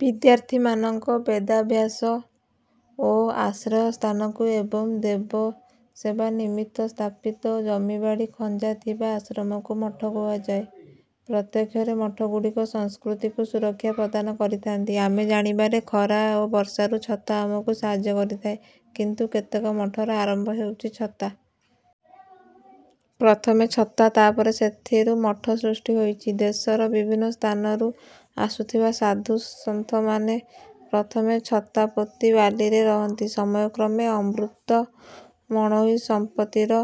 ବିଦ୍ୟାର୍ଥୀମାନଙ୍କ ବେଦାଭ୍ୟାସ ଓ ଆଶ୍ରୟ ସ୍ଥାନକୁ ଏବଂ ଦେବସେବା ନିମିତ୍ତ ସ୍ଥାପିତ ଓ ଜମି ବାଡ଼ି ଖଞ୍ଜାଥିବା ଆଶ୍ରମକୁ ମଠ କୁହାଯାଏ। ପ୍ରତ୍ୟକ୍ଷରେ ମଠଗୁଡ଼ିକ ସଂସ୍କୃତିକୁ ସୁରକ୍ଷା ପ୍ରଦାନ କରିଥାନ୍ତି। ଆମେ ଜାଣିବାରେ ଖରା ଓ ବର୍ଷାରୁ ଛତା ଆମକୁ ସାହାର୍ଯ୍ୟ କରିଥାଏ। କିନ୍ତୁ କେତେକ ମଠର ଆରମ୍ଭ ହେଉଛି ଛତା। ପ୍ରଥମେ ଛତା ତାପରେ ସେଥିରୁ ମଠ ସୃଷ୍ଟି ହୋଇଛି। ଦେଶର ବିଭିନ୍ନ ସ୍ଥାନରୁ ଆସୁଥିବା ସାଧୁ ସନ୍ଥମାନେ ପ୍ରଥମେ ଛତା ପୋତି ବାଲିରେ ରହନ୍ତି। ସମୟ କ୍ରମେ ଅମୃତ ମଣୋହି ସମ୍ପତ୍ତିର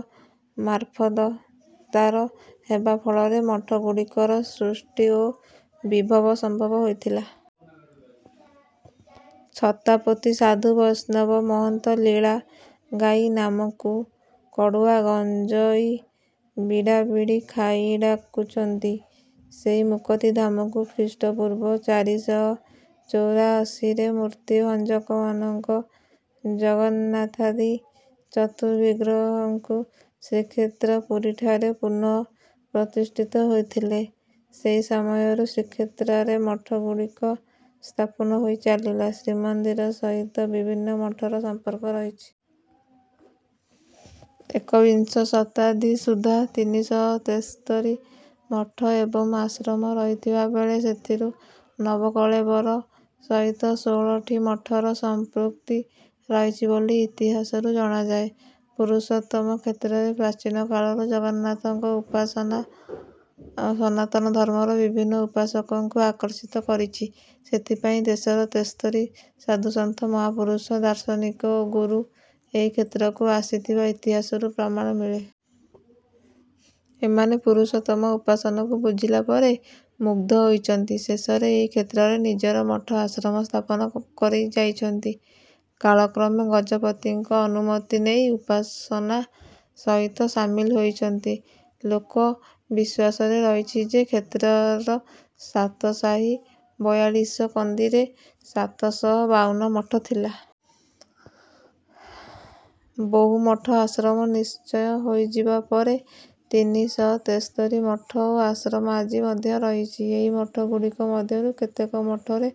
ମାର୍ଫତଦାର ହେବା ଫଳରେ ମଠ ଗୁଡିକର ସୃଷ୍ଟି ଓ ବିଭବ ସମ୍ଭବ ହୋଇଥିଲା। ଛତାପୋତି ସାଧୁ ବୈଷ୍ଣବ ମହନ୍ତ ଲୀଳା ଗାଇ ନାମକୁକଡୁଆ ଗଞ୍ଜଇ ବିଡାବିଡି ଖାଇଡାକୁଛନ୍ତି ସେଇ ମୁକତି ଧାମକୁ। ଖ୍ରୀଷ୍ଟପୂର୍ବ ଚାରି ଶହ ଚଉରାଅଶୀରେ ମୂର୍ତ୍ତିଭଞ୍ଜକମାନଙ୍କ ଜଗନ୍ନାଥାଦି ଚତୁଃବିଗ୍ରହଙ୍କୁ ଶ୍ରୀକ୍ଷେତ୍ର ପୁରୀଠାରେ ପୁନଃ ପ୍ରତିଷ୍ଠିତ ହୋଇଥିଲେ। ସେହି ସମୟରୁ ଶ୍ରୀକ୍ଷେତ୍ରରେ ମଠଗୁଡ଼ିକ ସ୍ଥାପନ ହୋଇଚାଲିଲା। ଶ୍ରୀମନ୍ଦିର ସହିତ ବିଭିନ୍ନ ମଠର ସମ୍ପର୍କ ରହିଛି। ଏକବିଂଶ ଶତାବ୍ଦୀ ସୁଦ୍ଧା ତିନି ଶହ ତେସ୍ତରୀ ମଠ ଏବଂ ଆଶ୍ରମ ରହିଥିବା ବେଳେ ସେଥିରୁ ନବକଳେବର ସହିତ ଷୋହଳଟି ମଠର ସମ୍ପୃକ୍ତି ରହିଛି ବୋଲି ଇତିହାସରୁ ଜଣାଯାଏ। ପୁରୁଷୋତ୍ତମ କ୍ଷେତ୍ରରେ ପ୍ରାଚୀନକାଳରୁ ଜଗନ୍ନାଥଙ୍କ ଉପାସନା ସନାତନ ଧର୍ମର ବିଭିନ୍ନ ଉପାସକଙ୍କୁ ଆକର୍ଷିତ କରିଛି। ସେଥିପାଇଁ ଦେଶର ତେସ୍ତରୀ ସାଧୁସନ୍ଥ ମହାପୁରୁଷ ଦାର୍ଶନିକ ଓ ଗୁରୁ ଏହି କ୍ଷେତ୍ରକୁ ଆସିଥିବା ଇତିହାସରୁ ପ୍ରମାଣ ମିଳେ। ଏମାନେ ପୁରୁଷୋତ୍ତମ ଉପାସନାକୁ ବୁଝିଲା ପରେ ମୁଗ୍ଧ ହୋଇଛନ୍ତି। ଶେଷରେ ଏହି କ୍ଷେତ୍ରରେ ନିଜର ମଠ ଆଶ୍ରମ ସ୍ଥାପନା କରିଯାଇଛନ୍ତି। କାଳକ୍ରମେ ଗଜପତିଙ୍କ ଅନୁମତି ନେଇ ଉପାସନା ସହିତ ସାମିଲ ହୋଇଛନ୍ତି। ଲୋକ ବିଶ୍ୱାସରେ ରହିଛି ଯେ କ୍ଷେତ୍ରର ସାତ ସାହି ବୟାଳିଶ କନ୍ଦିରେ ସାତ ଶହ ବାଉନ ମଠ ଥିଲା। ବହୁ ମଠ ଆଶ୍ରମ ନିଶ୍ଚିହ୍ନ ହୋଇଯିବା ପରେ ତିନି ଶହ ତେସ୍ତରୀ ମଠ ଓ ଆଶ୍ରମ ଆଜି ମଧ୍ୟ ରହିଛି। ଏହି ମଠଗୁଡ଼ିକ ମଧ୍ୟରୁ କେତେକ ମଠରେ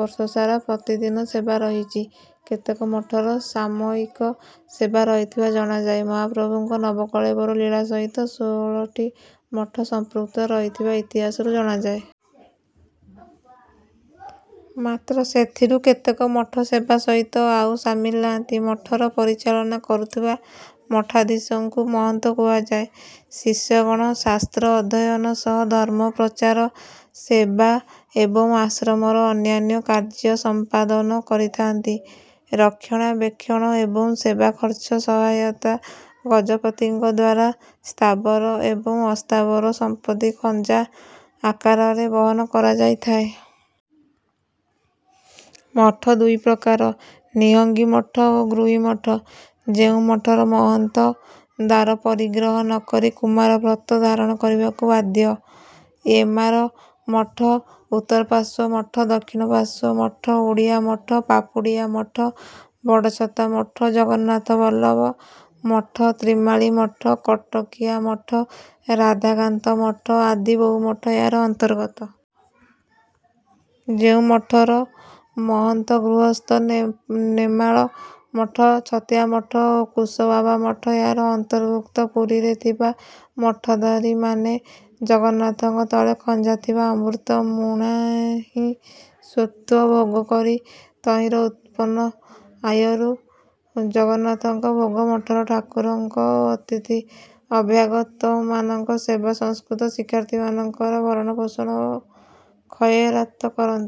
ବର୍ଷସାରା ପ୍ରତିଦିନ ସେବା ରହିଛି। କେତେକ ମଠର ସାମୟିକ ସେବା ରହିଥିବା ଜଣାଯାଏ। ମହାପ୍ରଭୁଙ୍କୁ ନବକଳେବର ଲୀଳା ସହିତ ଷୋହଳଟି ମଠ ସମ୍ପୃକ୍ତ ରହିଥିବା ଇତିହାସରୁ ଜଣାଯାଏ। ମାତ୍ର ସେଥିରୁ କେତେକ ମଠ ସେବା ସହିତ ଆଉ ସାମିଲ ନାହାନ୍ତି। ମଠର ପରିଚାଳନା କରୁଥିବା ମଠାଧୀଶ ଙ୍କୁ ମହନ୍ତ କୁହାଯାଏ। ଶିଷ୍ୟଗଣ ଶାସ୍ତ୍ର ଅଧ୍ୟୟନ ସହ ଧର୍ମ ପ୍ରଚାର ସେବା ଏବଂ ଆଶ୍ରମର ଅନ୍ୟାନ୍ୟ କାର୍ଯ୍ୟ ସମ୍ପାଦନ କରିଥାନ୍ତି। ରକ୍ଷଣାବେକ୍ଷଣ ଏବଂ ସେବା ଖର୍ଚ୍ଚ ସହାୟତା ଗଜପତିଙ୍କଦ୍ୱାରା ସ୍ଥାବର ଏବଂ ଅସ୍ଥାବର ସମ୍ପତି ଖଞ୍ଜା ଆକାରରେ ବହନ କରାଯାଇଥାଏ। ମଠ ଦୁଇ ପ୍ରକାର ନିହଙ୍ଗି ମଠ ଓ ଗୃହୀ ମଠ ଯେଉଁ ମଠର ମହନ୍ତ ଦାରପରିଗ୍ରହ ନ କରି କୁମାର ବ୍ରତ ଧାରଣ କରିବାକୁ ବାଧ୍ୟ। ଏମାର ମଠ ଉତ୍ତରପାର୍ଶ୍ୱ ମଠ ଦକ୍ଷିଣପାର୍ଶ୍ୱ ମଠ ଓଡ଼ିଆ ମଠ ପାପୁଡ଼ିଆ ମଠ ବଡ଼ଛତା ମଠ ଜଗନ୍ନାଥ ବଲ୍ଲଭ ମଠ ତ୍ରିମାଳି ମଠ କଟକିଆ ମଠ ରାଧାକାନ୍ତ ମଠ ଆଦି ବହୁ ମଠ ଏହାର ଅନ୍ତର୍ଗତ। ଯେଉଁ ମଠର ମହନ୍ତ ଗୃହସ୍ଥ। ନେମାଳ ମଠ ଛତିଆ ମଠ ଓ କୁଶବାବା ମଠ ଏହାର ଅନ୍ତଭୁକ୍ତ। ପୁରୀରେ ଥିବା ମଠଧାରୀମାନେ ଜଗନ୍ନାଥଙ୍କ ତଳେ ଖଞ୍ଜାଥିବା ଅମୃତମୁଣୋହିଁ ସ୍ୱତ୍ୱ ଭୋଗ କରି ତହିଁର ଉତ୍ପନ୍ନ ଆୟରୁ ଜଗନ୍ନାଥଙ୍କ ଭୋଗ ମଠର ଠାକୁରଙ୍କ ଓ ଅତିଥି ଅଭ୍ୟାଗତମାନଙ୍କ ସେବା ସଂସ୍କୃତ ଶିକ୍ଷାର୍ଥୀମାନଙ୍କର ଭରଣପୋଷଣ ଓ ଖଏରାତ କରନ୍ତି।